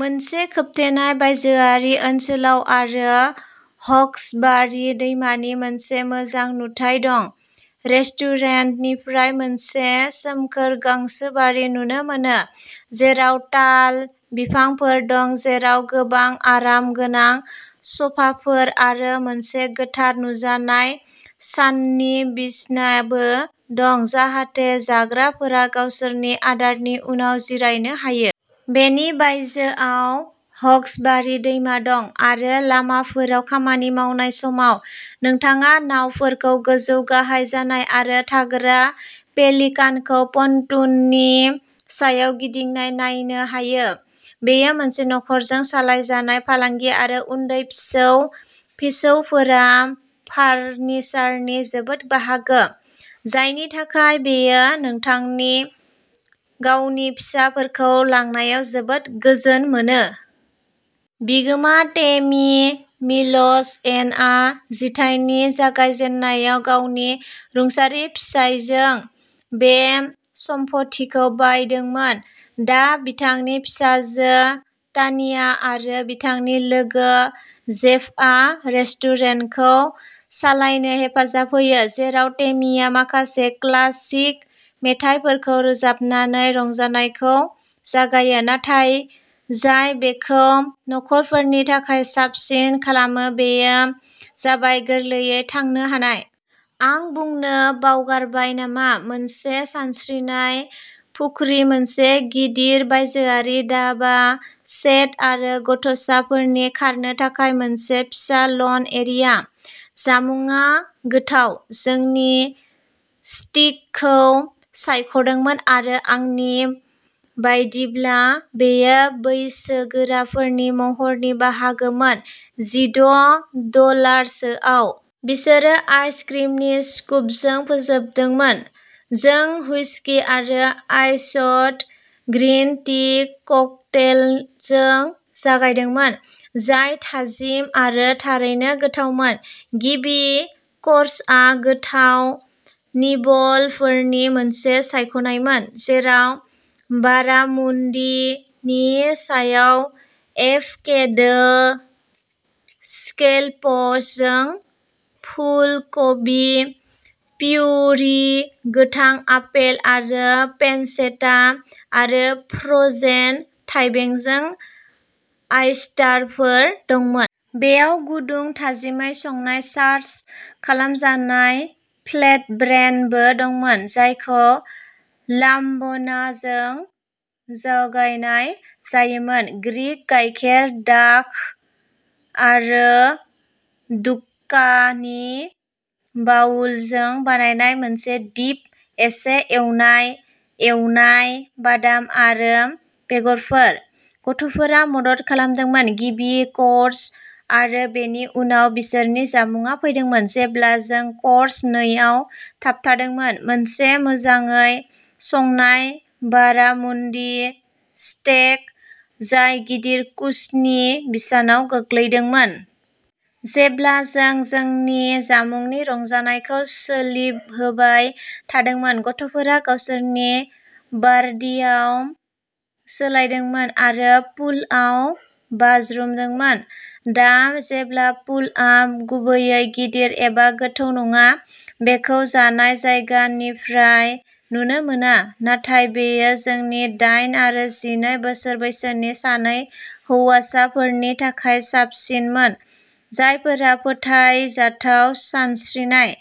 मोनसे खोबथेनाय बायजोआरि ओनसोलाव आरो हक्सबारि दैमानि मोनसे मोजां नुथाय दं। रेस्टुरेन्टनिफ्राय मोनसे सोमखोर गांसोबारि नुनो मोनो, जेराव ताल बिफांफोर दं, जेराव गोबां आरामगोनां स'फाफोर आरो मोनसे गोथार नुजानाय साननि बिसनाबो दं, जाहाथे जाग्राफोरा गावसोरनि आदारनि उनाव जिरायनो हायो। बेनि बायजोआव हक्सबारि दैमा दं आरो लामाफोराव खामानि मावनाय समाव, नोंथाङा नावफोरखौ गोजौ गाहाय जानाय आरो थाग्रा पेलिकानखौ पनटूननि सायाव गिदिंनाय नायनो हायो। बेयो मोनसे नखरजों सालायजानाय फालांगि आरो उन्दै फिसौ फिसौफोरा फारनिसारनि जोबोद बाहागो, जायनि थाखाय बेयो नोंथांनि गावनि फिसाफोरखौ लांनायाव जोबोद गोजोन मोनो। बिगोमा टेमी मिलज'एनआ जिथाइनि जागायजेन्नायाव गावनि रुंसारि फिसाइजों बे सम्फथिखौ बायदोंमोन। दा बिथांनि फिसाजो तान्या आरो बिथांनि लोगो जेफआ रेस्टुरेन्टखौ सालायनो हेफाजाब होयो, जेराव टेमीआ माखासे क्लासिक मेथाइफोरखौ रोजाबनानै रंजानायखौ जागायो। नाथाय, जाय बेखौ नखरफोरनि थाखाय साबसिन खालामो बेयो जाबाय गोरलैयै थांनो हानाय। आं बुंनो बावगारबाय नामा, मोनसे सानस्रिनाय फुख्रि, मोनसे गिदिर बायजोआरि दाबा सेट आरो गथ'साफोरनि खारनो थाखाय मोनसे फिसा लन एरिया। जामुंआ गोथाव। जोंनि स्टिकखौ सायख'दोंमोन आरो आंनि बायदिब्ला बेयो बैसोगोराफोरनि महरनि बाहागोमोन, जिद' डलारसोआव। बिसोरो आइस क्रिमनि स्कुपजों फोजोबदोंमोन। जों हुइस्कि आरो आइसड ग्रीन टी ककटेलजों जागायदोंमोन, जाय थाजिम आरो थारैनो गोथावमोन। गिबि कर्सआ गोथाव निबलफोरनि मोनसे सायख'नायमोन, जेराव बारामुन्डीनि सायाव एभ'केडो स्कैलप्सजों फुलकबि प्युरि, गोथां आपेल आरो पेनचेटा आरो फ्र'जेन थाइबेंजों आयस्टारफोर दंमोन। बेयाव गुदुं, थाजिमै संनाय, चार्ज खालामजानाय फ्लेटब्रेन्डबो दंमोन, जायखौ लाब्नाजों जगायनाय जायोमोन, ग्रीक गाइखेरदाख आरो दुक्कानि बाउलजों बानायनाय मोनसे डिप, एसे एवनाय एवनाय बादाम आरो बेगरफोर। गथ'फोरा मदद खालामदोंमोन। गिबि कर्स आरो बेनि उनाव बिसोरनि जामुंआ फैदोंमोन जेब्ला जों कर्स नैआव थाबथादोंमोन, मोनसे मोजाङै संनाय बारामुन्डी स्टेक, जाय गिदिर कुसनि बिसानाव गोग्लैदोंमोन। जेब्ला जों जोंनि जामुंनि रंजानायखौ सोलिहोबाय थादोंमोन, गथ'फोरा गावसोरनि बर्डियाव सोलायदोंमोन आरो पुलआव बाज्रुमदोंमोन। दा, जेब्ला पुलआ गुबैयै गिदिर एबा गोथौ नङा, बेखौ जानाय जायगानिफ्राय नुनो मोना। नाथाय बेयो जोंनि दाइन आरो जिनै बोसोर बैसोनि सानै हौवासाफोरनि थाखाय साबसिनमोन, जायफोरा फोथायजाथाव सानस्रिनाय।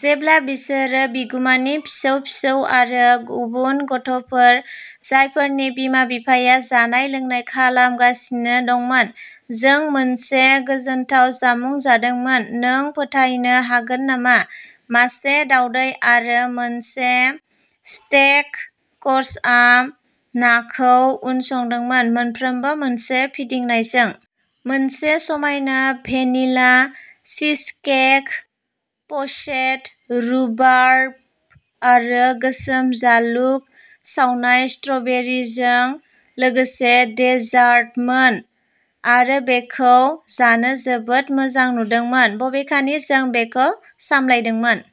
जेब्ला बिसोरो बिगुमानि फिसौ फिसौ आरो गुबुन गथ'फोर जायफोरनि बिमा बिफाया जानाय लोंनाय खालामगासिनो दंमोन, जों मोनसे गोजोनथाव जामुं जादोंमोन। नों फोथायनो हागोन नामा मासे दावदै आरो मोनसे स्टेक कर्सआ नाखौ उनसंदोंमोन, मोनफ्रोमबो मोनसे फिदिंनायजों। मोनसे समायना भेनिला चीजकेक, प'चेद रुबार्ब आरो गोसोम जालुग सावनाय स्ट्र'बेरिजों लोगोसे डेजार्टमोन आरो बेखौ जानो जोबोद मोजां नुदोंमोन, बबेखानि जों बेखौ सामलायदोंमोन।